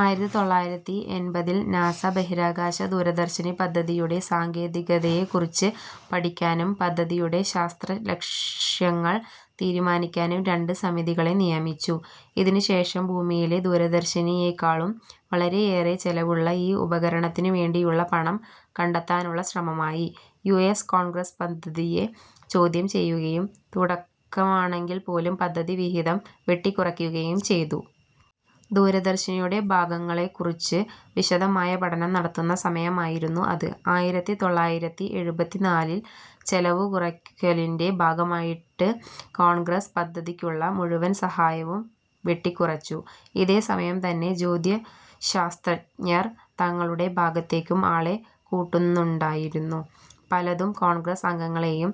ആയിരത്തി തൊള്ളായിരത്തി എൺപത്തിൽ നാസ ബഹിരാകാശ ദൂരദർശിനി പദ്ധതിയുടെ സാങ്കേതികതയെക്കുറിച്ച് പഠിക്കാനും, പദ്ധതിയുടെ ശാസ്ത്രലക്ഷ്യങ്ങൾ തീരുമാനിക്കാനും രണ്ട് സമിതികളെ നിയമിച്ചു. ഇതിനുശേഷം ഭൂമിയിലെ ദൂരദർശിനിയെക്കാളും വളരെയേറെ ചെലവുള്ള ഈ ഉപകരണത്തിനുവേണ്ടിയുള്ള പണം കണ്ടെത്താനുള്ള ശ്രമമായി. യു എസ് കോൺഗ്രസ് പദ്ധതിയെ ചോദ്യം ചെയ്യുകയും, തുടക്കമാണെങ്കിൽപോലും പദ്ധതി വിഹിതം വെട്ടിക്കുറയ്ക്കുകയും ചെയ്തു. ദൂരദർശിനിയുടെ ഭാഗങ്ങളെക്കുറിച്ച് വിശദമായ പഠനം നടത്തുന്ന സമയമായിരുന്നു അത്. ആയിരത്തി തൊള്ളായിരത്തി എഴുപത്തിനാലിൽ ചെലവുകുറയ്ക്കലിൻ്റെ ഭാഗമായിട്ട് കോൺഗ്രസ് പദ്ധതിക്കുള്ള മുഴുവൻ സഹായവും വെട്ടിക്കുറച്ചു. ഇതേസമയം തന്നെ ജ്യോതിശാസ്ത്രജ്ഞർ തങ്ങളുടെ ഭാഗത്തേക്കും ആളെ കൂട്ടുന്നുണ്ടായിരുന്നു. പലതും കോൺഗ്രസ് അംഗങ്ങളെയും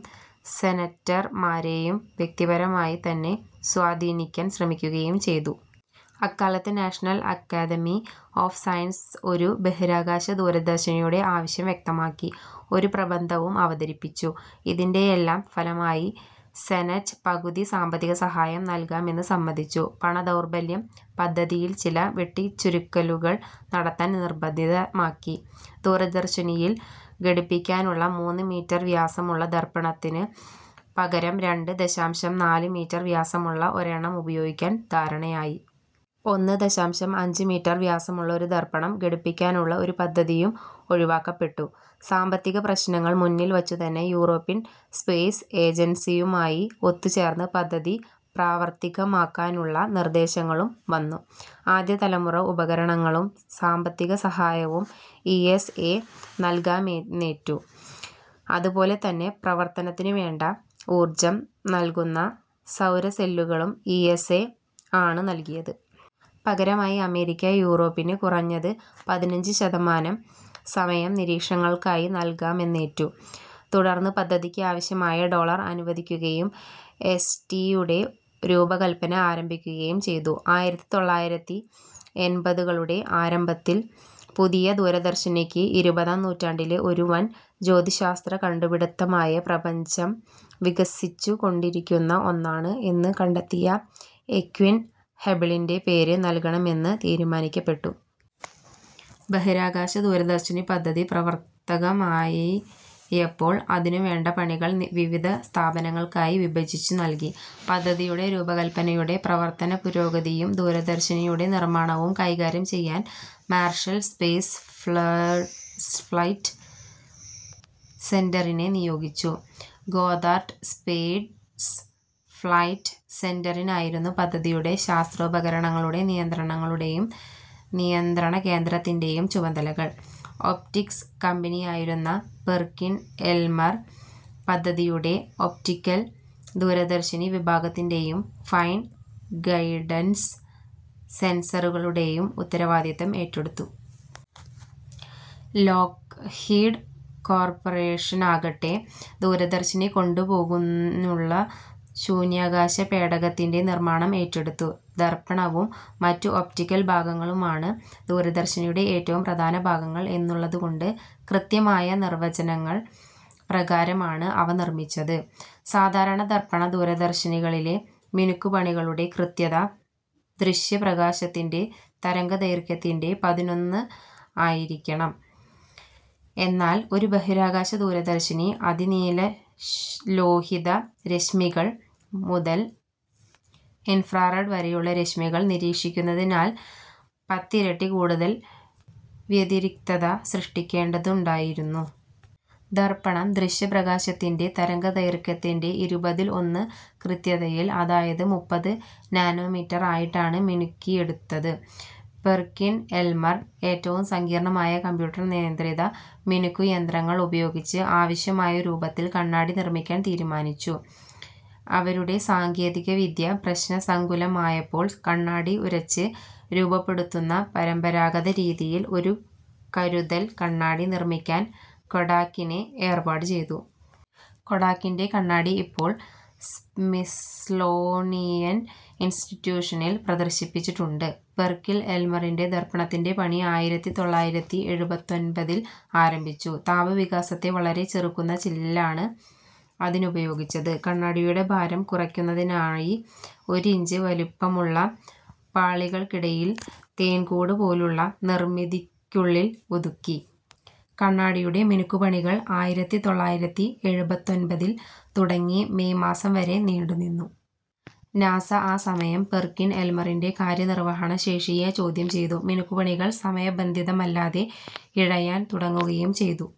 സെനറ്റർമാരെയും വ്യക്തിപരമായി തന്നെ സ്വാധീനിക്കാൻ ശ്രമിക്കുകയും ചെയ്തു. അക്കാലത്ത് നാഷണൽ അക്കാഡമി ഓഫ് സയൻസ് ഒരു ബഹിരാകാശ ദൂരദർശിനിയുടെ ആവശ്യം വ്യക്തമാക്കി ഒരു പ്രബന്ധവും അവതരിപ്പിച്ചു. ഇതിൻ്റെയെല്ലാം ഫലമായി സെനറ്റ് പകുതി സാമ്പത്തികസഹായം നൽകാമെന്ന് സമ്മതിച്ചു. പണദൗർലഭ്യം പദ്ധതിയിൽ ചില വെട്ടിച്ചുരുക്കലുകൾ നടത്താൻ നിർബന്ധിതമാക്കി. ദൂരദർശിനിയിൽ ഘടിപ്പിക്കാനുള്ള മൂന്ന് മീറ്റർ വ്യാസമുള്ള ദർപ്പണത്തിന് പകരം രണ്ട് ദശാംശം നാല് മീറ്റർ വ്യാസമുള്ള ഒരെണ്ണം ഉപയോഗിക്കാൻ ധാരണയായി. ഒന്ന് ദശാംശം അഞ്ച് മീറ്റർ വ്യാസമുള്ള ഒരു ദർപ്പണം ഘടിപ്പിക്കാനുള്ള ഒരു പദ്ധതിയും ഒഴിവാക്കപ്പെട്ടു. സാമ്പത്തിക പ്രശ്നങ്ങൾ മുന്നിൽ വച്ചുതന്നെ യൂറോപ്യൻ സ്പേസ് ഏജൻസിയുമായി ഒത്തുചേർന്ന് പദ്ധതി പ്രാവർത്തികമാക്കാനുള്ള നിർദ്ദേശങ്ങളും വന്നു. ആദ്യതലമുറ ഉപകരണങ്ങളും സാമ്പത്തികസഹായവും ഇ എസ് എ നൽകാമെന്നേറ്റു. അതുപോലെ തന്നെ, പ്രവർത്തനത്തിനുവേണ്ട ഊർജ്ജം നൽകുന്ന സൗരസെല്ലുകളും ഇ എസ് എ ആണ് നൽകിയത്. പകരമായി അമേരിക്ക യൂറോപ്പിന് കുറഞ്ഞത് പതിനഞ്ച് ശതമാനം സമയം നിരീക്ഷണങ്ങൾക്കായി നൽകാമെന്നേറ്റു. തുടർന്ന് പദ്ധതിക്ക് ആവശ്യമായ ഡോളർ അനുവദിക്കുകയും എസ് ടിയുടെ രൂപകല്പന ആരംഭിക്കുകയും ചെയ്തു. ആയിരത്തി തൊള്ളായിരത്തി എൺപതുകളുടെ ആരംഭത്തിൽ പുതിയ ദൂരദർശിനിക്ക്, ഇരുപതാം നൂറ്റാണ്ടിലെ ഒരു വൻ ജ്യോതിശാസ്ത്ര കണ്ടുപിടിത്തമായ "പ്രപഞ്ചം വികസിച്ചുകൊണ്ടിരിക്കുന്ന ഒന്നാണ്" എന്ന് കണ്ടെത്തിയ എഡ്വിൻ ഹബിളിൻ്റെ പേര് നൽകണമെന്ന് തീരുമാനിക്കപ്പെട്ടു. ബഹിരാകാശ ദൂരദർശിനി പദ്ധതി പ്രാവർത്തകമായിയപ്പോൾ, അതിനുവേണ്ട പണികൾ വിവിധ സ്ഥാപനങ്ങൾക്കായി വിഭജിച്ചു നൽകി. പദ്ധതിയുടെ രൂപകല്പനയുടെ പ്രവർത്തനപുരോഗതിയും ദൂരദർശിനിയുടെ നിർമ്മാണവും കൈകാര്യം ചെയ്യാൻ മാർഷൽ സ്പേസ് ഫ്ലൈറ്റ് സെന്ററിനെ നിയോഗിച്ചു. ഗോദ്ദാർഡ് സ്പേസ് ഫ്ലൈറ്റ് സെന്ററിനായിരുന്നു പദ്ധതിയുടെ ശാസ്ത്രോപകരണങ്ങളുടെ നിയന്ത്രണങ്ങളുടെയും നിയന്ത്രണകേന്ദ്രത്തിൻ്റെയും ചുമതലകൾ. ഒപ്റ്റിക്സ് കമ്പനിയായിരുന്ന പെർക്കിൻ-എൽമർ പദ്ധതിയുടെ ഒപ്റ്റിക്കൽ ദൂരദർശിനി വിഭാഗത്തിൻ്റെയും ഫൈൻ ഗൈഡൻസ് സെൻസറുകളുടെയും ഉത്തരവാദിത്തം ഏറ്റെടുത്തു. ലോക്ഹീഡ് കോർപ്പറേഷനാകട്ടെ ദൂരദർശിനി കൊണ്ടുപോകാനുള്ള ശൂന്യാകാശ പേടകത്തിൻ്റെ നിർമ്മാണം ഏറ്റെടുത്തു. ദർപ്പണവും മറ്റ് ഒപ്റ്റിക്കൽ ഭാഗങ്ങളുമാണ് ദൂരദർശിനിയുടെ ഏറ്റവും പ്രധാന ഭാഗങ്ങൾ എന്നുള്ളതുകൊണ്ട്, കൃത്യമായ നിർവ്വചനങ്ങൾ പ്രകാരമാണ് അവ നിർമ്മിച്ചത്. സാധാരണ ദർപ്പണ ദൂരദർശിനികളിലെ മിനുക്കുപണികളുടെ കൃത്യത ദൃശ്യപ്രകാശത്തിൻ്റെ തരംഗദൈർഘ്യത്തിൻ്റെ പതിനൊന്ന് ആയിരിക്കണം. എന്നാൽ ഒരു ബഹിരാകാശ ദൂരദർശിനി, അതിനീലലോഹിത രശ്മികൾ മുതൽ ഇൻഫ്രാറെഡ് വരെയുള്ള രശ്മികൾ നിരീക്ഷിക്കുന്നതിനാൽ പത്തിരട്ടി കൂടുതൽ വ്യതിരിക്തത സൃഷ്ടിക്കേണ്ടതുണ്ടായിരുന്നു. ദർപ്പണം ദൃശ്യപ്രകാശത്തിൻ്റെ തരംഗദൈർഘ്യത്തിൻ്റെ ഇരുപതിൽ ഒന്ന് കൃത്യതയിൽ, അതായത് മുപ്പത് നാനോമീറ്റർ ആയിട്ടാണ് മിനുക്കിയെടുത്തത്. പെർക്കിൻ-എൽമർ ഏറ്റവും സങ്കീർണ്ണമായ കമ്പ്യൂട്ടർ നിയന്ത്രിത മിനുക്കു യന്ത്രങ്ങൾ ഉപയോഗിച്ച് ആവശ്യമായ രൂപത്തിൽ കണ്ണാടി നിർമ്മിക്കാൻ തീരുമാനിച്ചു. അവരുടെ സാങ്കേതികവിദ്യ പ്രശ്നസങ്കുലമായപ്പോൾ, കണ്ണാടി ഉരച്ച് രൂപപ്പെടുത്തുന്ന പരമ്പരാഗത രീതിയിൽ ഒരു കരുതൽ കണ്ണാടി നിർമ്മിക്കാൻ കൊഡാക്കിനെ ഏർപ്പാട് ചെയ്തു. കൊഡാക്കിൻ്റെ കണ്ണാടി ഇപ്പോൾ സ്മിത്സോണിയൻ ഇൻസ്റ്റിറ്റ്യൂഷനിൽ പ്രദർശിപ്പിച്ചിട്ടുണ്ട്. പെർക്കിൻ-എൽമറിൻ്റെ ദർപ്പണത്തിൻ്റെ പണി ആയിരത്തി തൊള്ളായിരത്തി എഴുപത്തൊൻപതിൽ ആരംഭിച്ചു. താപവികാസത്തെ വളരെ ചെറുക്കുന്ന ചില്ലാണ് അതിനുപയോഗിച്ചത്. കണ്ണാടിയുടെ ഭാരം കുറയ്ക്കുന്നതിനായി ഒരിഞ്ച് വലിപ്പമുള്ള പാളികൾക്കിടയിൽ തേൻകൂട് പോലുള്ള നിർമ്മിതിക്കുള്ളിൽ ഒതുക്കി. കണ്ണാടിയുടെ മിനുക്കുപണികൾ ആയിരത്തി തൊള്ളായിരത്തി എഴുപത്തൊൻപതിൽ തുടങ്ങി മേയ് മാസം വരെ നീണ്ടുനിന്നു. നാസ ആ സമയം പെർക്കിൻ എൽമറിൻ്റെ കാര്യനിർവ്വഹണ ശേഷിയെ ചോദ്യം ചെയ്തു. മിനുക്കുപണികൾ സമയബന്ധിതമല്ലാതെ ഇഴയാൻ തുടങ്ങുകയും ചെയ്തു.